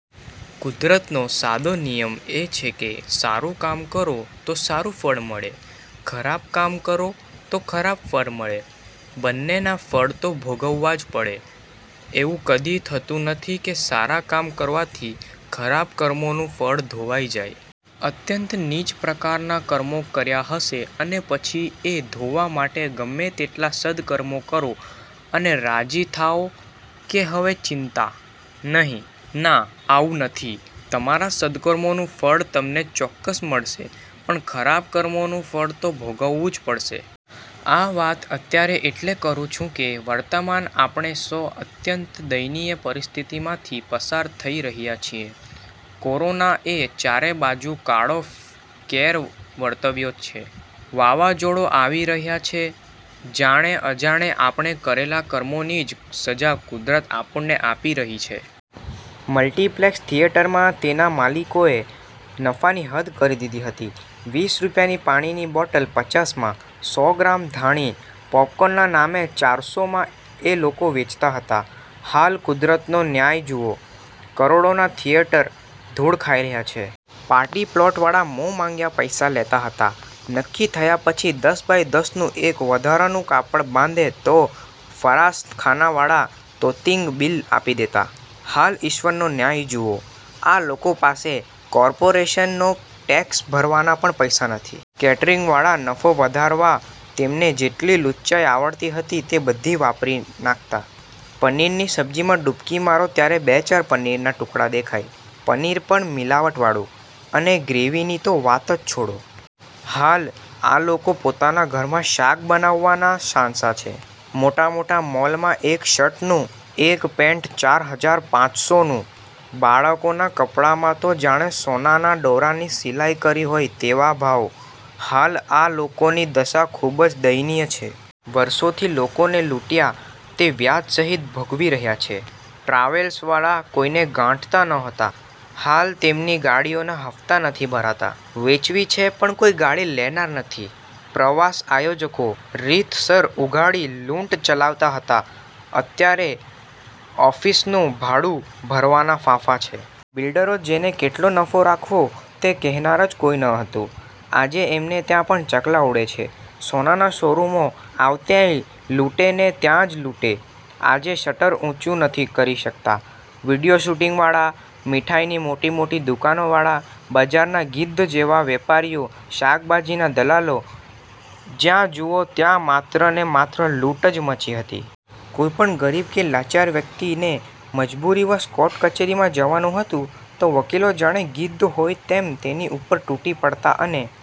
કુદરતનો સાદો નિયમ એ છે કે સારું કામ કરો તો સારું ફળ મળે ખરાબ કામ કરો તો ખરાબ ફળ મળે. બંન્ને ના ફળ તો ભોગવવા જ પડે. એવું કદી થતું નથી કે સારા કામ કરવાથી ખરાબ કર્મોનું ફળ ધોવાઈ જાય. અત્યંત નીચ પ્રકારના કર્મો કર્યા હશે અને પછી એ ધોવા માટે ગમે તેટલા સદકર્મો કરો અને રાજી થાવ કે હવે ચિંતા નહીં. ના આવું નથી તમારાં સદકર્મો નું ફળ તમને ચોક્કસ મળશે પણ ખરાબ કર્મોનું ફળ તો ભોગવવું જ પડશે. આ વાત અત્યારે એટલે કરું છું કે વર્તમાન આપણે સૌ અત્યંત દયનીય પરિસ્થિતિમાંથી પસાર થઈ રહ્યા છીએ. કોરોના એ ચારે બાજુ કાળો કેર વર્તવ્યો છે. વાવાઝોડુ આવી રહ્યા છે. જાણે અજાણે આપણે કરેલા કર્મોની જ સજા કુદરત આપણને આપી રહી છે. મલ્ટીપ્લેક્સ થિયેટરમાં તેનાં માલિકોએ નફાની હદ કરી દીધી હતી વીસ રૂપિયાની પાણીની બોટલ પચાસ માં, સો ગ્રામ ધાણી- પોપકોર્નના નામે ચારસો માં એ લોકો વેચતા હતા. હાલ કુદરતનો ન્યાય જુઓ, કરોડોના થિયેટર ધુળ ખાઈ રહ્યા છે. પાર્ટીપ્લોટ વાળા મોં માંગ્યા પૈસા લેતાં હતા. નકકી થયાં પછી દસ બાય દસ નું એક વધારાનું કાપડ બાંધે તો ફરાસખાના વાળા તોતિંગ બિલ આપી દેતાં. હાલ ઈશ્વરનો ન્યાય જુઓ આ લોકો પાસે કોર્પોરેશન નો ટેક્સ ભરવાના પણ પૈસા નથી. કેટરીંગ વાળા, નફો વધારવા તેમને જેટલી લુચ્ચાઈ આવડતી હતી તે બધી વાપરી નાખતાં. પનીર ની સબ્જીમાં ડુબકી મારો ત્યારે બે ચાર પનીરના ટુકડા દેખાય, પનીર પણ મિલાવટ વાળું, અને ગ્રેવીની તો વાત જ છોડો. હાલ આ લોકો પોતાના ઘરમાં શાક બનાવવાના સાંસા છે. મોટા મોટા મોલમાં એક શર્ટ નું એક પેન્ટ ચાર હજાર પાંચસો નું, બાળકોના કપડાંમાં તો જાણે સોનાના દોરાની સિલાઈ કરી હોય તેવા ભાવ. હાલ આ લોકોની દશા ખુબ જ દયનીય છે. વર્ષોથી લોકોને લૂંટયા તે વ્યાજ સહીત ભોગવી રહ્યા છે. ટ્રાવેલ્સ વાળા કોઈને ગાંઠતા નહોતા, હાલ તેમની ગાડીઓના હપ્તા નથી ભરાતા. વેચવી છે પણ કોઈ ગાડી લેનાર નથી. પ્રવાસ આયોજકો, રીતસર ઉઘાડી લુંટ ચલાવતા હતા અત્યારે ઓફીસનું ભાડું ભરવાના ફાંફા છે. બિલ્ડરો જેને કેટલો નફો રાખવો તે કહેનાર જ કોઈ નહતું. આજે એમને ત્યાં પણ ચકલાં ઊડે છે. સોનાના શોરૂમો આવતાંય લુટે ને ત્યાંજ લુંટે, આજે શટર ઊંચું નથી કરી શકતા. વીડિયો શુટિંગ વાળા, મીઠાઈની મોટી મોટી દુકાનો વાળા, બજારના ગિધ્ધ જેવાં વેપારીઓ, શાકભાજીના દલાલો, જ્યાં જુઓ ત્યાં માત્ર ને માત્ર લુંટ જ મચી હતી. કોઈપણ ગરીબ કે લાચાર વ્યક્તિ ને મજબૂરીવશ કોર્ટ-કચેરીમાં જવાનું હતું તો વકીલો જાણે ગિદ્ધ હોય તેમ તેની ઉપર તૂટી પડતા અને